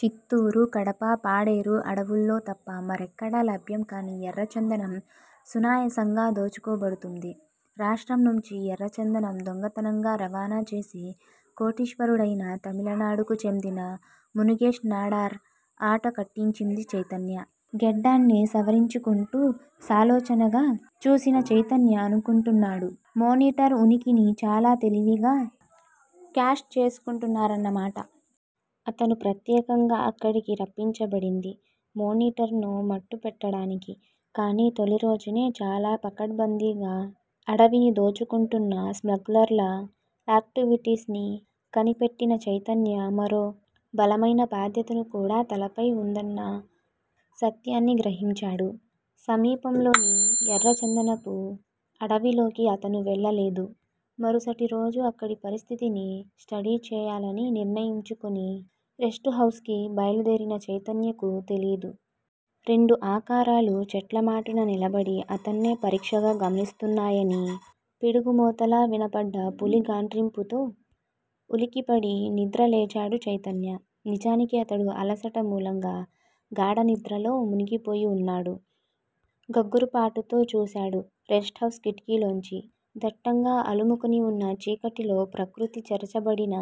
చిత్తూరు, కడప, పాడేరు అడవులలో తప్ప మరెక్కడా లభ్యం కాని ఎర్రచందనం సునాయాసంగా దోచుకోబడుతూంది. రాష్ట్రం నుంచి ఎర్రచందనం దొంగతనంగా రవాణాచేసి కోటీశ్వరుడయిన తమిళనాడుకు చెందిన ముగుగేశ్ నాడార్ ఆట కట్టించింది చైతన్య. గెడ్డాన్ని సవరించుకుంటూ సాలోచనగా చూసిన చైతన్య అనుకున్నాడు మేనీటర్ ఉనికిని చాలా తెలివిగా కాష్ చేసుకుంటున్నారన్నమాట. అతను ప్రత్యేకంగా అక్కడికి రప్పించబడింది మేనీటర్ ను మట్టుపెట్టడానికి. కానీ తొలి రోజునే చాలా పకడ్భందీగా అడవినిదోచుకుంటున్న స్మగ్లర్ల ఏక్టువిటీస్ ని కనిపెట్టిన చైతన్య మరో బలమయిన బాధ్యతనుకూడా తనపై వుందన్న సత్యాన్ని గ్రహించాడు. సమీపంలోని ఎర్రచందనపు అడవిలోకి అతను వెళ్ళలేదు. మరుసటిరోజు అక్కడి పరిస్థితిని స్టడీ చేయాలని నిర్ణయించుకుని రెస్టుహౌస్ కి బయలుదేరిన చైతన్యకు తెలీదు. రెండు ఆకారాలు చెట్లమాటున నిలబడి అతన్నే పరీక్షగా గమనిస్తున్నాయని. పిడుగుమోతలా వినబడ్డ పులి గాండ్రింపుతో ఉలికిపడి నిద్రలేచాడు చైతన్య. నిజానికి అతడు అలసట మూలంగా గాఢనిద్రలో మునిగిపోయివున్నాడు. గగుర్పాటుతో చూశాడు రెస్టుహౌస్ కిటికీలోంచి. దట్టంగా అలుముకుని వున్న చీకటిలో ప్రకృతి చెరచబడిన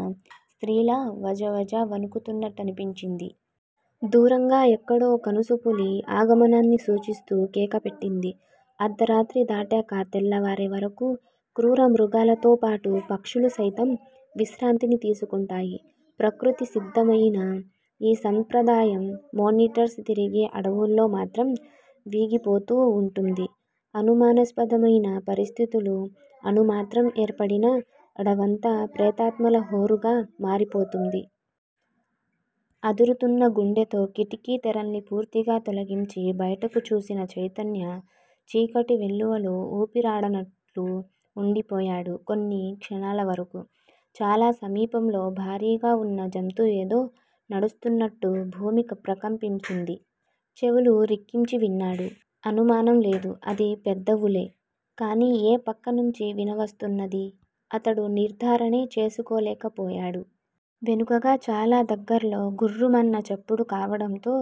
స్త్రీలా వజవజా వణుకుతూన్నట్టనిపించింది. దూరంగా ఎక్కడో ఓ కణుసు పులి ఆగమనాన్ని సూచిస్తూ కేక పెట్టింది. అర్దరాత్రి దాటేక తెల్లవారేవరకూ క్రూరమృగాలతోపాటు పక్షులు సైతం విశ్రాంతిని తీసుకుంటాయి. ప్రకృతి సిద్ధమయిన ఈ సంప్రదాయం మేనీటర్స్ తిరిగే అడవుల్లో మాత్రం వీగిపోతూ వుంటుంది. అనుమానాస్పదమయిన పరిస్థితులు అణుమాత్రం ఏర్పడినా, అడవంతా ప్రేతాత్మల హోరుగా మారిపోతుంది. అదురుతున్న గుండెతో కిటికీ తెరల్ని పూర్తిగా తొలగించి బయటకు చూసిన చైతన్య చీకటి వెల్లువలో ఊపిరాడనట్టు ఉండిపోయాడు కొన్ని క్షణాలవరకూ. చాలా సమీపంలో భారీగావున్న జంతువేదో నడుస్తున్నట్టు భూమి ప్రకంపించింది. చెవులు రిక్కించి విన్నాడు. అనుమానం లేదు. అది పెద్దవులే. కాని, ఏ పక్కనుంచి వినవస్తున్నదీ అతడు నిర్దారణే చేసుకోలేకపోయాడు. వెనుకగా చాలా దగ్గర్లో గుర్రుమన్న చప్పుడు కావడంతో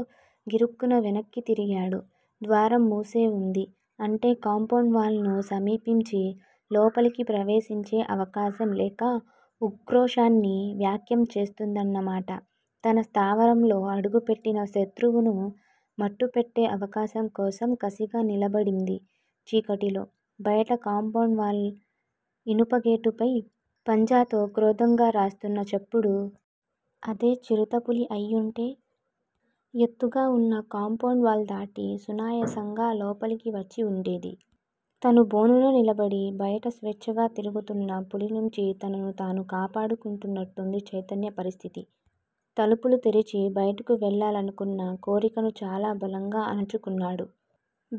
గిరుక్కున వెనక్కి తిరిగాడు. ద్వారంమూసే వుంది. అంటే కాంపౌండువాల్ ను సమీపించే లోపలికి ప్రవేశించే అవకాశం లేక ఉక్రోషాన్ని వ్యాక్యం చేస్తూందన్నమాట. తన స్థావరంలో అడుగుపెట్టిన శత్రువును మట్టుపెట్టే అవకాశం కోసం కసిగా నిలబడింది చీకటిలో. బయట కాంపౌండ్ వాల్ ఇనుపగేటుపై పంజాతో క్రోధంగా రాస్తున్న చప్పుడు. అదే చిరుతపులి అయ్యుంటే ఎత్తుగావున్న కాంపౌండ్ వాల్ దాటి సునాయాసంగా లోపలికివచ్చి వుండేది. తను బోనులో నిలబడి బయట స్వేచ్ఛగా తిరుగుతున్న పులి నుంచి తనను తాను కాపాడుకుంటున్నట్టుంది చైతన్య పరిస్థితి. తలుపు తెరిచి బయటకు వెళ్ళాలనుకున్న కోరికను చాలా బలంగా అణుచుకున్నాడు.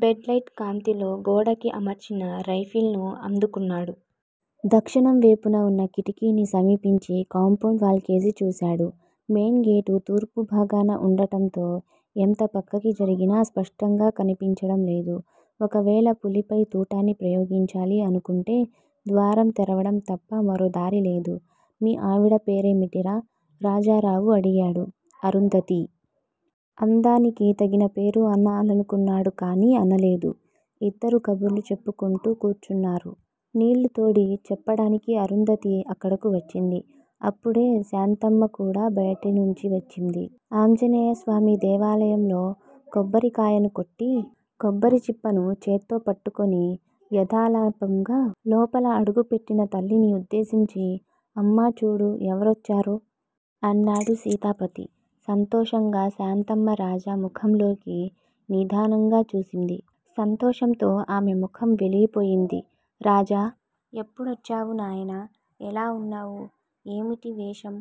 బెడ్ లైట్ కాంతిలో గోడకి అమర్చిన రైఫిల్ ను అందుకున్నాడు. దక్షిణంవేపున వున్న కిటికీని సమీపించి కాంపౌండ్ వాల్ కేసి చూశాడు. మెయిన్ గేటు తూర్పుభాగాన ఉండటంతో ఎంత పక్కకి జరిగినా స్పష్టంగా కనిపించడంలేదు. ఒకవేళ పులిపై తూటాని ప్రయోగించాలి అనుకుంటే ద్వారం తెరవడం తప్ప మరో దారిలేదు. మీ ఆవిడ పేరేమిటిరా? రాజారావు అడిగాడు. అరుంధతి! అందానికి తగిన పేరు అనాలనుకున్నాడు కాని అనలేదు. ఇద్దరూ కబుర్లు చెప్పుకుంటూ కూచున్నారు. నీళ్ళు తోడి చెప్పటానికి అరుంధతి అక్కడకు వచ్చింది. అప్పుడే శాంతమ్మ కూడా బయటినుంచి వచ్చింది. ఆంజనేయస్వామి దేవాలయంలో కొబ్బరి కాయను కొట్టి, కొబ్బరిచిప్పను చేత్తో పట్టుకుని యథాలాపంగా లోపల అడుగు పెట్టిన తల్లిని ఉద్దేశించి, అమ్మా చూడు ఎవరొచ్చారో! అన్నాడు సీతాపతి సంతోషంగా. శాంతమ్మ రాజా ముఖంలోకి నిదానంగా చూసింది. సంతోషంతో ఆమె ముఖం వెలిగిపోయింది. రాజా! ఎప్పుడొచ్చావు నాయనా! ఎలా వున్నావు? ఏమిటీ వేషం?